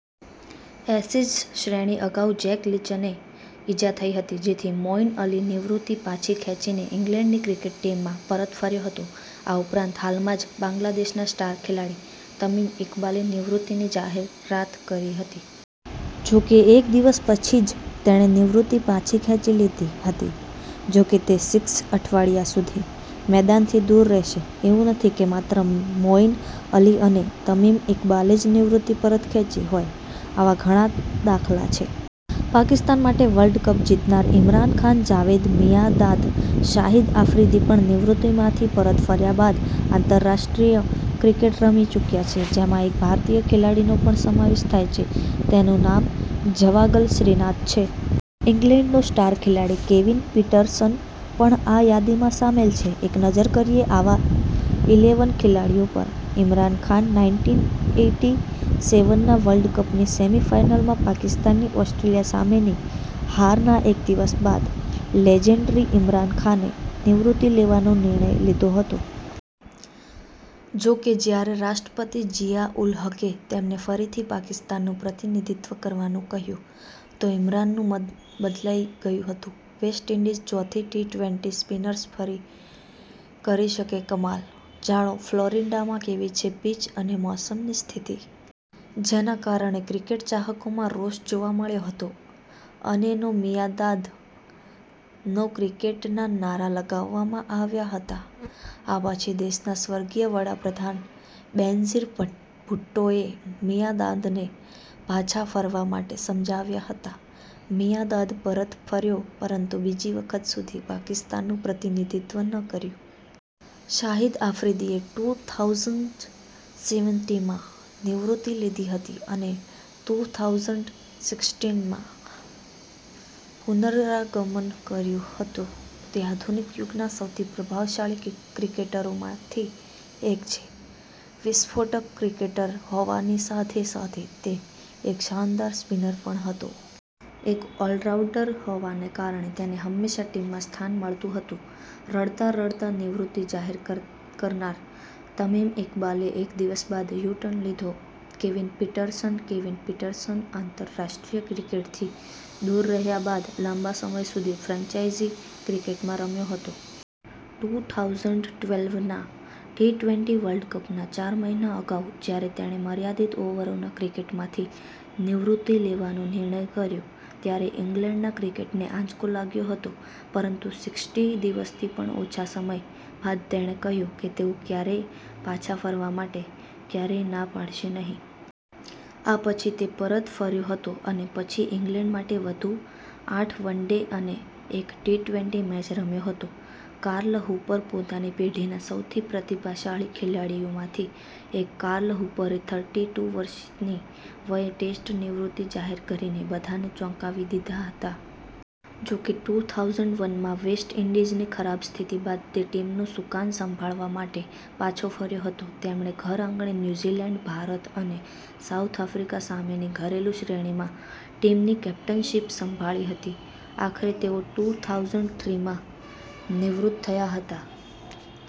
Ashes શ્રેણી અગાઉ Jack લીચને ઈજા થઈ હતી. જેથી મોઈન અલી નિવૃત્તિ પાછી ખેંચીને ઈંગ્લેન્ડની ક્રિકેટ ટીમમાં પરત ફર્યો હતો. આ ઉપરાંત હાલમાં જ બાંગ્લાદેશના સ્ટાર ખેલાડી તમિમ ઈકબાલે નિવૃત્તિની જાહેરાત કરી હતી. જોકે એક દિવસ પછી જ તેણે નિવૃત્તિ પાછી ખેંચી લીધી હતી. જોકે તે સિક્સ અઠવાડિયા સુધી મેદાનથી દૂર રહેશે. એવું નથી કે માત્ર મોઈન અલી અને તમિમ ઈકબાલે જ નિવૃત્તિ પરત ખેંચી હોય આવા ઘણા દાખલા છે. પાકિસ્તાન માટે વર્લ્ડ કપ જીતનાર ઈમરાન ખાન, જાવેદ મિયાંદાદ, શાહિદ આફ્રિદી પણ નિવૃત્તિમાંથી પરત ફર્યા બાદ આંતરરાષ્ટ્રીય ક્રિકેટ રમી ચૂક્યા છે. જેમાં એક ભારતીય ખેલાડીનો પણ સમાવેશ થાય છે. તેનું નામ જવાગલ શ્રીનાથ છે. ઈંગ્લેન્ડનો સ્ટાર ખેલાડી કેવિન પીટરસન પણ આ યાદીમાં સામેલ છે. એક નજર કરીએ આવા ઇલેવન ખેલાડીઓ પર. ઈમરાન ખાન નાઈનટિન એઈટી સેવનના વર્લ્ડ કપની સેમિ ફાઈનલમાં પાકિસ્તાનની ઓસ્ટ્રેલિયા સામેની હારના એક દિવસ બાદ લેજન્ડરી ઈમરાન ખાને નિવૃત્તિ લેવાનો નિર્ણય લીધો હતો. જોકે જ્યારે રાષ્ટ્રપતિ જિયા ઉલ હકે તેમને ફરીથી પાકિસ્તાનનું પ્રતિનિધિત્વ કરવાનું કહ્યું તો ઈમરાનનું મન બદલાઈ ગયું હતું. વેસ્ટ ઇન્ડીઝ ચોથી ટી-ટ્વેન્ટી સ્પિનર્સ ફરી કરી શકે કમાલ, જાણો ફ્લોરિડામાં કેવી છે પિચ અને મોસમની સ્થિતિ? જેના કારણે ક્રિકેટ ચાહકોમાં રોષ જોવા મળ્યો હતો અને નો મિયાંદાદ, નો ક્રિકેટના નારા લગાવવામાં આવ્યા હતા. આ પછી દેશના સ્વર્ગીય વડા પ્રધાન બેનઝીર ભુટ્ટોએ મિયાંદાદને પાછા ફરવા માટે સમજાવ્યા હતા. મિયાંદાદ પરત ફર્યો પરંતુ બીજી વખત સુધી પાકિસ્તાનનું પ્રતિનિધિત્વ ન કર્યું. શાહિદ આફ્રિદીએ ટૂ થાઉસન્ડ સેવેનટીનમાં નિવૃત્તિ લીધી હતી અને ટૂ થાઉસન્ડ સિક્સટીનમાં પુનરાગમન કર્યું હતું. તે આધુનિક યુગના સૌથી પ્રભાવશાળી ક્રિકેટરોમાંથી એક છે. વિસ્ફોટક ક્રિકેટર હોવાની સાથે સાથે તે એક શાનદાર સ્પિનર પણ હતો. એક ઓલરાઉન્ડર હોવાને કારણે તેને હંમેશા ટીમમાં સ્થાન મળતું હતું. રડતાં રડતાં નિવૃત્તિ જાહેર કરનાર તમિમ ઇકબાલે એક દિવસ બાદ યૂ-ટર્ન લીધો કેવિન પીટરસન કેવિન પીટરસન આંતરરાષ્ટ્રીય ક્રિકેટથી દૂર રહ્યા બાદ લાંબા સમય સુધી ફ્રેન્ચાઇઝી ક્રિકેટમાં રમ્યો હતો. ટૂ થાઉસન્ડ ટ્વેલ્વના ટી-ટ્વેન્ટી વર્લ્ડ કપના ચાર મહિના અગાઉ જ્યારે તેણે મર્યાદિત ઓવરોના ક્રિકેટમાંથી નિવૃત્તિ લેવાનો નિર્ણય કર્યો ત્યારે ઈંગ્લેન્ડના ક્રિકેટને આંચકો લાગ્યો હતો. પરંતુ સિક્સટી દિવસથી પણ ઓછા સમય બાદ તેણે કહ્યું કે તેઓ ક્યારેય પાછા ફરવા માટે ક્યારેય ના પાડશે નહીં. આ પછી તે પરત ફર્યો હતો અને પછી ઇંગ્લેન્ડ માટે વધુ આઠ વન ડે અને એક ટી-ટ્વેન્ટી મેચ રમ્યો હતો. કાર્લ હૂપર પોતાની પેઢીના સૌથી પ્રતિભાશાળી ખેલાડીઓમાંથી એક કાર્લ હૂપરે થર્ટી ટૂ વર્ષની વયે ટેસ્ટ નિવૃત્તિ જાહેર કરીને બધાને ચોંકાવી દીધા હતા. જોકે ટૂ થાઉસન્ડ વનમાં વેસ્ટ ઈન્ડીઝની ખરાબ સ્થિતિ બાદ તે ટીમનું સુકાન સંભાળવા માટે પાછો ફર્યો હતો. તેમણે ઘરઆંગણે ન્યૂઝીલેન્ડ, ભારત અને સાઉથ આફ્રિકા સામેની ઘરેલું શ્રેણીમાં ટીમની કેપ્ટનશિપ સંભાળી હતી. આખરે તેઓ ટૂ થાઉસન્ડ થ્રીમાં નિવૃત્ત થયા હતા.